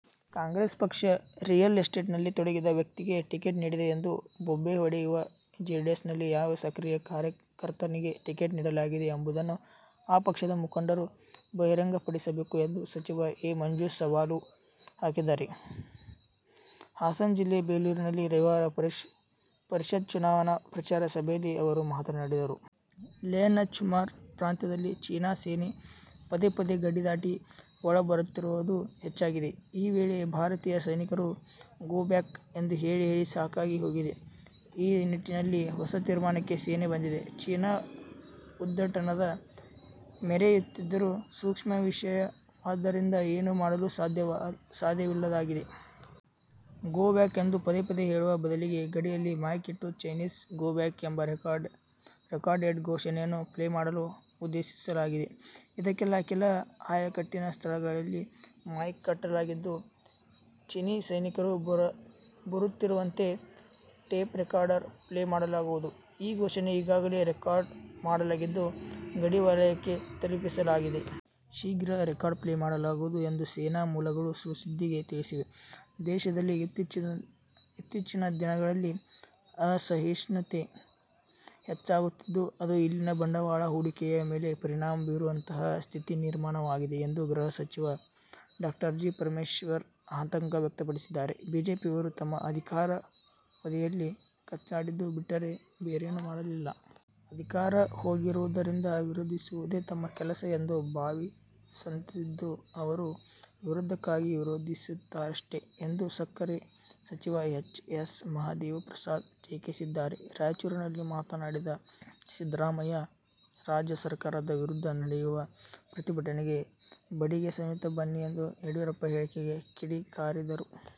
ಕಾಂಗ್ರೆಸ್ ಪಕ್ಷ ರಿಯಲ್ ಎಸ್ಟೇಟ್ನಲ್ಲಿ ತೊಡಗಿದ್ದ ವ್ಯಕ್ತಿಗೆ ಟಿಕೆಟ್ ನೀಡಿದೆ ಎಂದು ಬೊಬ್ಬೆ ಹೊಡೆಯುವ ಜೆಡಿಎಸ್ನಲ್ಲಿ ಯಾವ ಸಕ್ರಿಯ ಕಾರ್ಯಕರ್ತನಿಗೆ ಟಿಕೆಟ್ ನೀಡಲಾಗಿದೆ ಎಂಬುದನ್ನು ಆ ಪಕ್ಷದ ಮುಖಂಡರು ಬಹಿರಂಗಪಡಿಸಬೇಕು ಎಂದು ಸಚಿವ ಎ. ಮಂಜು ಸವಾಲು ಹಾಕಿದ್ದಾರೆ. ಹಾಸನ ಜಿಲ್ಲೆ ಬೇಲೂರಿನಲ್ಲಿ ರವಿವಾರ ಪರಿಷತ್ ಚುನಾವಣಾ ಪ್ರಚಾರ ಸಭೆಯಲ್ಲಿ ಅವರು ಮಾತನಾಡಿದರು. ಲೇಹ್ನ ಚುಮಾರ್ ಪ್ರಾಂತ್ಯದಲ್ಲಿ ಚೀನಾ ಸೇನೆ ಪದೇ ಪದೇ ಗಡಿ ದಾಟಿ ಒಳಬರುತ್ತಿರುವುದು ಹೆಚ್ಚಾಗಿದೆ. ಈ ವೇಳೆ ಭಾರತೀಯ ಸೈನಿಕರು ''''''ಗೋಬ್ಯಾಕ್'' ಎಂದು ಹೇಳಿ ಹೇಳಿ ಸಾಕಾಗಿ ಹೋಗಿದೆ. ಈ ನಿಟ್ಟಿನಲ್ಲಿ ಹೊಸ ತೀರ್ಮಾನಕ್ಕೆ ಸೇನೆ ಬಂದಿದೆ. ಚೀನಾ ಉದ್ಧಟತನ ಮೆರೆಯುತ್ತಿದ್ದರೂ ಸೂಕ್ಷ್ಮ ವಿಷಯವಾದ್ದರಿಂದ ಏನೂ ಮಾಡಲು ಸಾಧ್ಯವಿಲ್ಲದಾಗಿದೆ. ಗೋ ಬ್ಯಾಕ್ ಎಂದು ಪದೇ ಪದೇ ಹೇಳುವ ಬದಲಿಗೆ ಗಡಿಯಲ್ಲಿ ಮೈಕ್ ಇಟ್ಟು ''''ಚೈನೀಸ್ ಗೋಬ್ಯಾಕ್'' ಎಂಬ ರೆಕಾರ್ಡೆಡ್ ಘೋಷಣೆಯನ್ನು ಪ್ಲೇ ಮಾಡಲು ಉದ್ದೇಶಿಸಲಾಗಿದೆ. ಇದಕ್ಕಾಗಿ ಕೆಲ ಆಯಕಟ್ಟಿನ ಸ್ಥಳಗಳಲ್ಲಿ ಮೈಕ್ ಕಟ್ಟಲಾಗಿದ್ದು, ಚೀನೀ ಸೈನಿಕರು ಬರುತ್ತಿರುವಂತೆ, ಟೇಪ್ರೆಕಾರ್ಡರ್ ಪ್ಲೇ ಮಾಡಲಾಗುವುದು. ಈ ಘೋಷಣೆ ಈಗಾಗಲೇ ರೆಕಾರ್ಡ್ ಮಾಡಲಾಗಿದ್ದು, ಗಡಿವಲಯಕ್ಕೆ ತಲುಪಿಸಲಾಗಿದೆ. ಶೀಘ್ರ ರೆಕಾರ್ಡ್ ಪ್ಲೇ ಮಾಡಲಾಗುವುದು ಎಂದು ಸೇನಾ ಮೂಲಗಳು ಸುಳ್ಸುದ್ದಿಗೆ ತಿಳಿಸಿವೆ. ದೇಶದಲ್ಲಿ ಇತ್ತೀಚಿನ ದಿನಗಳಲ್ಲಿ ಅಸಹಿಷ್ಣುತೆ ಹೆಚ್ಚಾಗುತ್ತಿದ್ದು, ಅದು ಇಲ್ಲಿನ ಬಂಡವಾಳ ಹೂಡಿಕೆಯ ಮೇಲೆ ಪರಿಣಾಮ ಬೀರುವಂತಹ ಸ್ಥಿತಿ ನಿರ್ಮಾಣವಾಗಿದೆ ಎಂದು ಗೃಹ ಸಚಿವ ಡಾ. ಜಿ. ಪರಮೇಶ್ವರ್ ಅತಂಕ ವ್ಯಕ್ತಪಡಿಸಿದ್ದಾರೆ. ಬಿಜೆಪಿಯವರು ತಮ್ಮ ಅಧಿಕಾರಾವಧಿಯಲ್ಲಿ ಕಚ್ಚಾಡಿದ್ದು ಬಿಟ್ಟರೆ ಬೇರೇನೂ ಮಾಡಲಿಲ್ಲ. ಅಧಿಕಾರ ಹೋಗಿರುವುದರಿಂದ ವಿರೋಧಿಸುವುದೇ ತಮ್ಮ ಕೆಲಸ ಎಂದು ಭಾವಿಸಿದಂತಿದ್ದು, ಅವರು ವಿರೋಧಕ್ಕಾಗಿ ವಿರೋಧಿಸುತ್ತಾರಷ್ಟೆ ಎಂದು ಸಕ್ಕರೆ ಸಚಿವ ಎಚ್. ಎಸ್. ಮಹದೇವಪ್ರಸಾದ್ ಟೀಕಿಸಿದ್ದಾರೆ. ರಾಯಚೂರಿನಲ್ಲಿ ಮಾತನಾಡಿದ ಸಿದ್ಧರಾಮಯ್ಯ, ರಾಜ್ಯ ಸರಕಾರದ ವಿರುದ್ಧ ನಡೆಯುವ ಪ್ರತಿಭಟನೆಗೆ ಬಡಿಗೆ ಸಮೇತ ಬನ್ನಿ ಎಂಬ ಯಡಿಯೂರಪ್ಪ ಹೇಳಿಕೆಗೆ ಕಿಡಿ ಕಾರಿದರು.